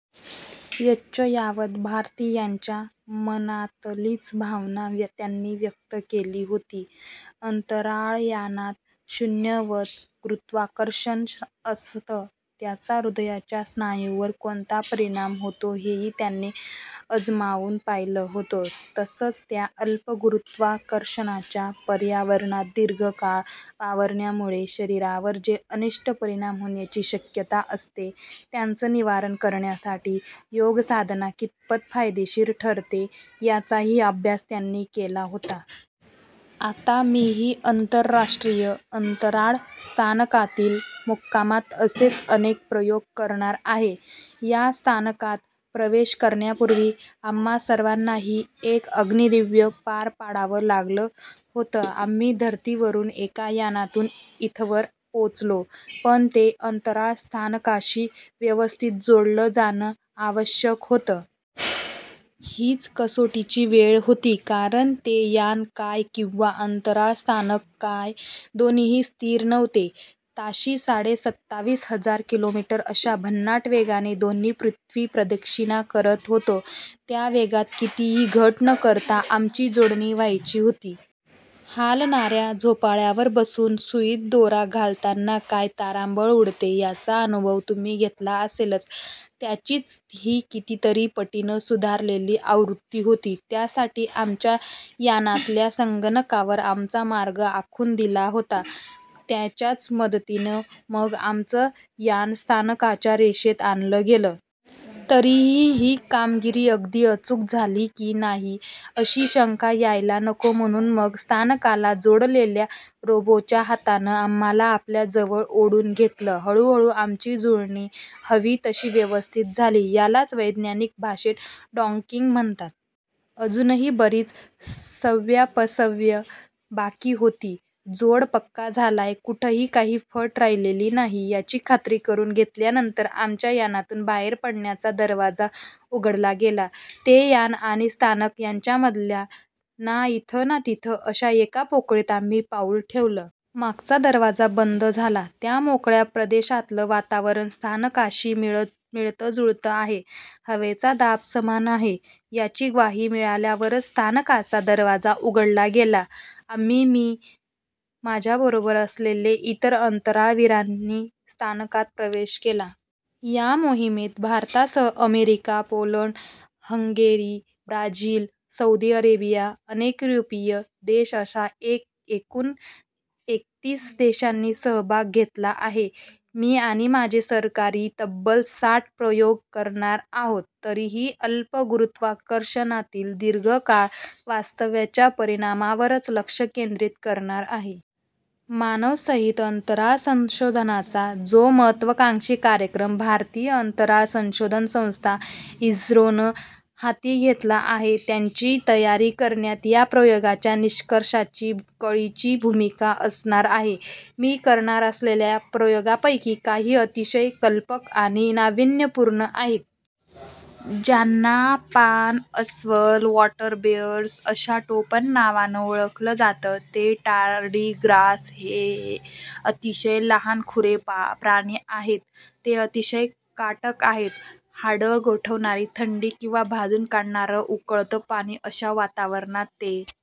यच्चयावत भारतीयांच्या मनातलीच भावना त्यांनी व्यक्त केली होती. अंतराळयानात शून्यवत गुरुत्त्वाकर्षण असतं. त्याचा हृदयाच्या स्नायूंवर कोणता परिणाम होतो, हेही त्यांनी अजमावून पाहिलं होतं. तसंच त्या अल्प गुरुत्त्वाकर्षणाच्या पर्यावरणात दीर्घ काळ वावरण्यामुळे शरीरावर जे अनिष्ट परिणाम होण्याची शक्यता असते, त्यांचं निवारण करण्यासाठी योगसाधना कितपत फायदेशीर ठरते, याचाही अभ्यास त्यांनी केला होता. आता मीही आंतरराष्ट्रीय अंतराळ स्थानकातील मुक्कामात असेच अनेक प्रयोग करणार आहे. या स्थानकात प्रवेश करण्यापूर्वी आम्हा सर्वांनाही एक अग्निदिव्य पार पाडावं लागलं होतं. आम्ही धरतीवरून एका यानातून इथवर पोचलो. पण ते अंतराळस्थानकाशी व्यवस्थित जोडलं जाणं आवश्यक होतं. हीच कसोटीची वेळ होती. कारण ते यान काय किंवा अंतराळस्थानक काय दोन्हीही स्थिर नव्हते. ताशी साडेसत्तावीस हजार किलोमीटर अशा भन्नाट वेगाने दोन्ही पृथ्वीप्रदक्षिणा करत होतो. त्या वेगात कोणतीही घट न करता आमची जोडणी व्हायची होती. हालणाऱ्या झोपाळ्यावर बसून सुईत दोरा घालताना काय तारांबळ उडते, याचा अनुभव तुम्ही घेतला असेलच. त्याचीच ही कितीतरी पटीनं सुधारलेली आवृत्ती होती. त्यासाठी आमच्या यानातल्या संगणकावर आमचा मार्ग आखून दिला होता. त्याच्याच मदतीनं मग आमचं यान स्थानकाच्या रेषेत आणलं गेलं. तरीही ही कामगिरी अगदी अचूक झाली की नाही, अशी शंका यायला नको म्हणून मग स्थानकाला जोडलेल्या रोबोच्या हातानं आम्हांला आपल्या जवळ ओढून घेतलं. हळूहळू आमची जुळणी हवी तशी व्यवस्थित झाली. यालाच वैज्ञानिक भाषेत डॉकिंग म्हणतात. अजूनही बरीच सव्यापसव्य बाकी होती. जोड पक्का झालाय, कुठंही काही फट राहिलेली नाही, याची खात्री करून घेतल्यानंतर आमच्या यानातून बाहेर पडण्याचा दरवाजा उघडला गेला. ते यान आणि स्थानक यांच्यामधल्या ना इथं ना तिथं अशा एका पोकळीत आम्ही पाऊल ठेवलं. मागचा दरवाजा बंद झाला. त्या मोकळ्या प्रदेशातलं वातावरण स्थानकाशी मिळतं जुळतं आहे, हवेचा दाब समान आहे, याची ग्वाही मिळाल्यावरच स्थानकाचा दरवाजा उघडला गेला. आम्ही, मी आणि माझ्या बरोबर असलेल्या इतर अंतराळवीरांनी स्थानकात प्रवेश केला. या मोहिमेत भारतासह America, Poland, Hungary, Brazil, Saudi Arabia, अनेक युरोपीय देश अशा एकूण एकतीस देशांनी सहभाग घेतला आहे. मी आणि माझे सहकारी तब्बल साठ प्रयोग करणार आहोत. तरीही मी अल्प गुरुत्त्वाकर्षणातील दीर्घ काळ वास्तव्याच्या परिणामांवरच लक्ष केंद्रित करणार आहे. मानवसहित अंतराळ संशोधनाचा जो महत्त्वाकांक्षी कार्यक्रम भारतीय अंतराळ संशोधन संस्था इस्रोनं हाती घेतला आहे, त्याची तयारी करण्यात या प्रयोगांच्या निष्कर्षांची कळीची भूमिका असणार आहे. मी करणार असलेल्या प्रयोगांपैकी काही अतिशय कल्पक आणि नाविन्यपूर्ण आहेत. ज्यांना पाण अस्वलं, वॉटर बेअर्स, अशा टोपण नावानं ओळखलं जातं ते टारडीग्रास हे अतिशय लहानखुरे प्राणी आहेत. ते अतिशय काटक आहेत. हाडं गोठवणारी थंडी, किंवा भाजून काढणारं उकळतं पाणी अशा वातावरणात ते